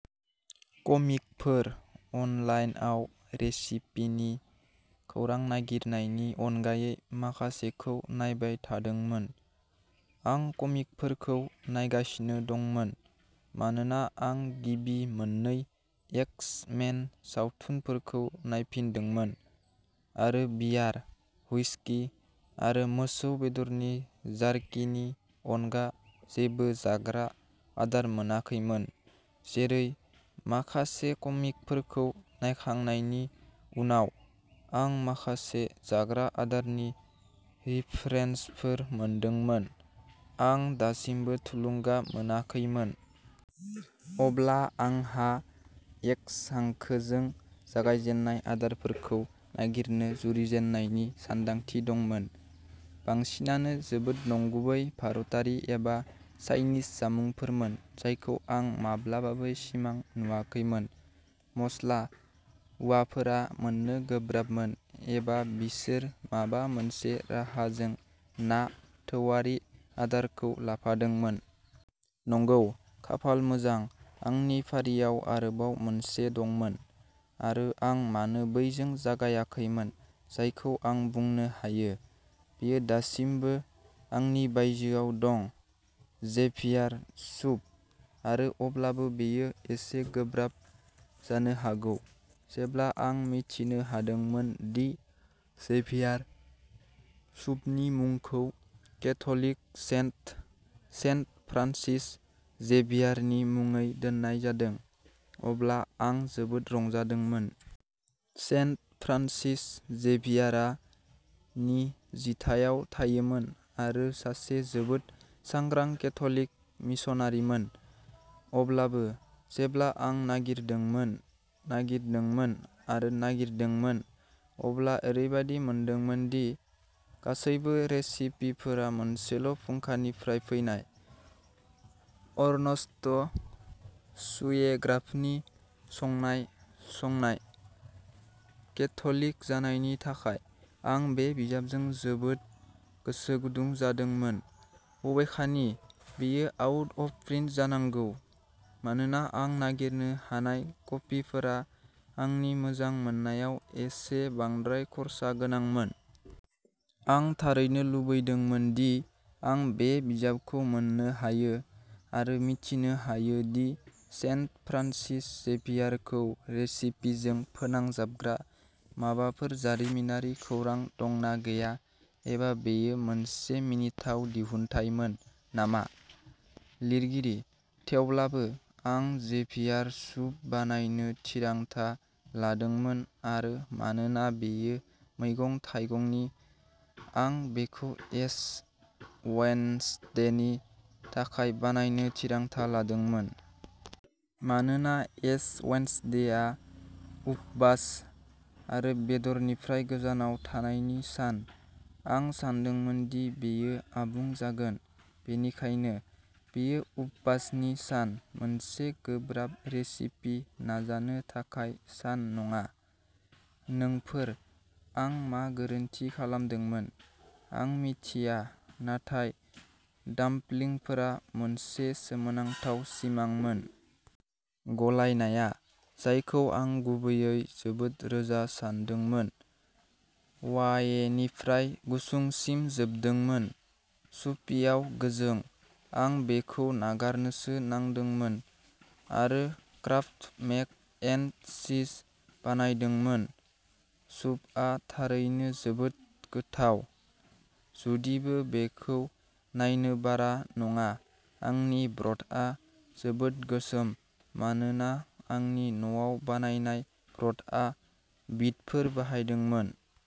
कमिकफोर-अनलाइनआव रेसिपिनि खौरां नागिरनायनि अनगायै माखासेखौ नायबाय थादोंमोन। आं कमिकफोरखौ नायगासिनो दंमोन मानोना आं गिबि मोननै एक्स-मेन सावथुनफोरखौ नायफिनदोंमोन आरो बियार, हुइस्कि, आरो मोसौ बेदरनि जार्किनि अनगा जेबो जाग्रा आदार मोनाखैमोन। जेरै। माखासे कमिकफोरखौ नायखांनायनि उनाव, आं माखासे जाग्रा आदारनि रिफरेन्सफोर मोनदोंमोन, आं दासिमबो थुलुंगा मोनाखैमोन। अब्ला आंहा एक्स हांखोजों जागायजेन्नाय आदारफोरखौ नागिरनो जुरिजेननायनि सानदांथि दंमोन। बांसिनानो जोबोद नंगुबै भारतारि एबा चाइनिज जामुंफोरमोन जायखौ आं माब्लाबाबो सिमां नुवाखैमोन-मस्ला ुवाफोरा मोननो गोब्राबमोन एबा बिसोर माबा मोनसे राहाजों ना ैथोआरि आदारखौ लाफादोंमोन। नंगौ। खाफाल मोजां, आंनि फारियाव आरोबाव मोनसे दंमोन, आरो आं मानो बैजों जागायाखैमोन जायखौ आं बुंनो हायो, बेयो दासिमबो आंनि बायजोआव दं। Xavier soup! आरो अब्लाबो, बेयो एसे गोब्राब जानो हागौ। जेब्ला आं मिथिनो हादोंमोन दि जेभियार सुपनि मुंखौ केथ'लिक सेन्ट, सेन्ट फ्रान्सिस जेभियारनि मुङै दोननाय जादों, अब्ला आं जोबोद रंजादोंमोन। सेन्ट फ्रान्सिस जेभियारआ नि जिथायाव थायोमोन आरो सासे जोबोद सांग्रां केथ'लिक मिशनारिमोन। अब्लाबो, जेब्ला आं नागिरदोंमोन, नागिरदोंमोन, आरो नागिरदोंमोन, अब्ला ओरैबायदि मोनदोंमोन दि गासैबो रेसिपिफोरा मोनसेल'फुंखानिफ्राय फैनायः अर्नस्ट शुएग्राफनि संनाय संनाय। केथ'लिक जानायनि थाखाय, आं बे बिजाबजों जोबोद गोसो गुदुं जादोंमोन, बबेखानि, बेयो आउट अफ प्रिन्ट जानांगौ, मानोना आं नागिरनो हानाय कपिफोरा आंनि मोजां मोननायाव एसे बांद्राय खर्सा गोनांमोन। आं थारैनो लुबैदोंमोन दि आं बे बिजाबखौ मोन्नो हायो आरो मिथिनो हायो दि सेन्ट फ्रान्सिस जेभियारखौ रेसिपिजों फोनांजाबग्रा माबाफोर जारिमिनारि खौरां दं ना गैया एबा बेयो मोनसे मिनिथाव दिहुनथायमोन नामा। लिरगिरि। थेवब्लाबो, आं जेभियार सुप बानायनो थिरांथा लादोंमोन-आरो मानोना बेयो मैगं-थाइगंनि, आं बेखौ एश वेन्सडेनि थाखाय बानायनो थिरांथा लादोंमोन। मानोना एश वेन्सडेआ उपबास आरो बेदरनिफ्राय गोजानाव थानायनि सान, आं सानदोंमोन दि बेयो आबुं जागोन! बेनिखायनो, बेयो उपबासनि सान, मोनसे गोब्राब रेसिपि नाजानो थाखाय सान नङा। नोंफोर-आं मा गोरोन्थि खालामदोंमोन आं मिथिया, नाथाय डाम्पलिंफोरा मोनसे सोमोनांथाव सिमांमोन! गलायनाया, जायखौ आं गुबैयै जोबोद रोजा सान्दोंमोन, वाएनिफ्राय गुसुंसिम जोबदोंमोन, सुपियाव गोजों। आं बेखौ नागारनोसो नांदोंमोन आरो क्राफ्ट मेक एन्ड चीज बानायदोंमोन। सुपआ थारैनो जोबोद गोथाव, जुदिबो बेखौ नायनो बारा नङा आंनि ब्रथआ जोबोद गोसोम मानोना आंनि न'आव बानायनाय ब्रथआ बिटफोर बाहायदोंमोन।